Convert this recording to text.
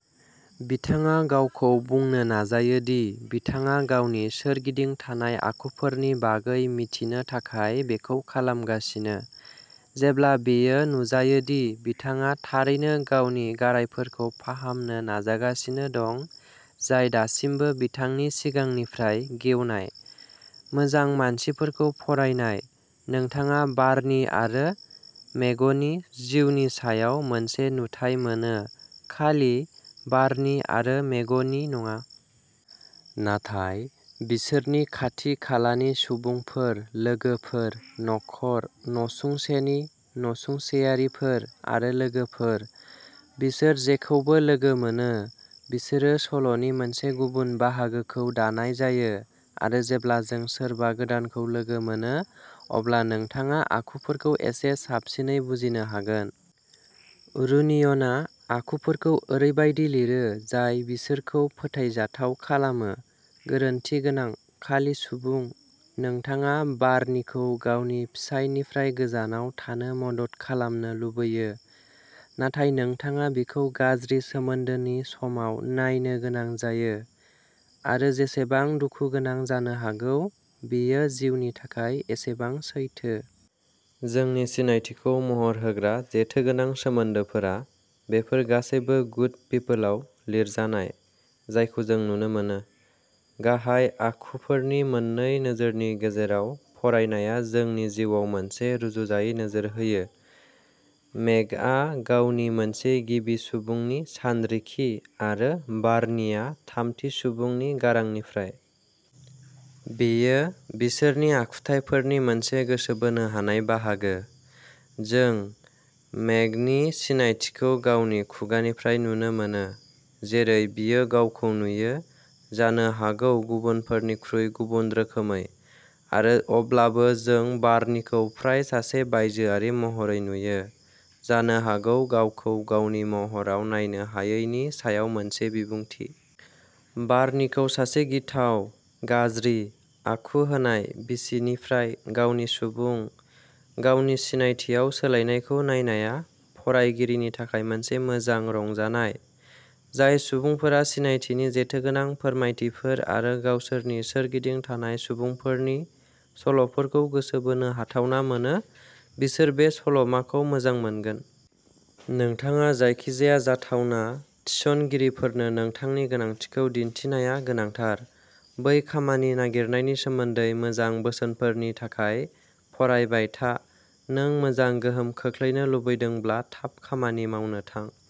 बिथाङा गावखौ बुंनो नाजायो दि बिथाङा गावनि सोरगिदिं थानाय आखुफोरनि बागै मिथिनो थाखाय बेखौ खालामगासिनो, जेब्ला बेयो नुजायो दि बिथाङा थारैनो गावनि गारायफोरखौ फाहामनो नाजागासिनो दं जाय दासिमबो बिथांनि सिगांनिफ्राइ गेवनाय। मोजां मानसिफोरखौ फरायनाय, नोंथाङा बार्नि आरो मेगनि जिउनि सायाव मोनसे नुथाइ मोनो, खालि बार्नि आरो मेगनि नङा। नाथाय बिसोरनि खाथि-खालानि सुबुंफोर-लोगोफोर, नखर, नसुंसेनि नसुंसेयारिफोर आरो लोगोफोर। बिसोर जेखौबो लोगो मोनो, बिसोरो सल'नि मोनसे गुबुन बाहागोखौ दानाय जायो, आरो जेब्ला जों सोरबा गोदानखौ लोगो मोनो, अब्ला नोंथाङा आखुफोरखौ एसे साबसिनै बुजिनो हागोन। रुनियनआ आखुफोरखौ ओरैबायदि लिरो जाय बिसोरखौ फोथायजाथाव खालामो-गोरोन्थिगोनां, खालि सुबुं। नोंथाङा बार्नीखौ गावनि फिसायनिफ्राय गोजानाव थानो मदद खालामनो लुबैयो, नाथाय नोंथाङा बिखौ गाज्रि सोमोन्दोनि समाव नायनो गोनां जायो। आरो जेसेबां दुखु गोनां जानो हागौ, बेयो जिउनि थाखाय एसेबां सैथो। जोंनि सिनायथिखौ महर होग्रा जेथोगोनां सोमोन्दोफोरा, बेफोर गासैबो गुड पिपलआव लिरजानाय, जायखौ जों नुनो मोनो। गाहाय आखुफोरनि मोन्नै नोजोरनि गेजेराव फरायनाया जोंनि जिउआव मोनसे रुजुजायै नोजोर होयोः मेगआ गावनि, मोनसे गिबि सुबुंनि सानरिखि, आरो बार्नीया थामथि सुबुंनि गारांनिफ्राय। बेयो बिसोरनि आखुथायफोरनि मोनसे गोसो बोनो हानाय बाहागो। जों मेगनि सिनायथिखौ गावनि खुगानिफ्राय नुनो मोनो, जेरै बियो गावखौ नुयो, जानो हागौ गुबुनफोरनिख्रुइ गुबुन रोखोमै। आरो अब्लाबो जों बार्नीखौ फ्राय सासे बायजोआरि महरै नुयो, जानो हागौ गावखौ गावनि महराव नायनो हायैनि सायाव मोनसे बिबुंथि। बार्नीखौ सासे गिथाव, गाज्रि आखु होनाय बिसिनिफ्राय गावनि सुबुं, गावनि सिनायथिआव सोलायनायखौ नायनाया फरायगिरिनि थाखाय मोनसे मोजां रंजानाय। जाय सुबुंफोरा सिनायथिनि जेथोगोनां फोरमायथिफोर आरो गावसोरनि सोरगिदिं थानाय सुबुंफोरनि सल'फोरखौ गोसो बोनो हाथावना मोनो, बिसोर बे सल'माखौ मोजां मोनगोन। नोंथाङा जायखिजाया जाथावना थिसनगिरिफोरनो नोंथांनि गोनांथिखौ दिन्थिनाया गोनांथार। बै खामानि नागिरनायनि सोमोन्दै मोजां बोसोनफोरनि थाखाय फरायबाय था। नों मोजां गोहोम खोख्लैनो लुबैदोंब्ला थाब खामानि मावनो थां।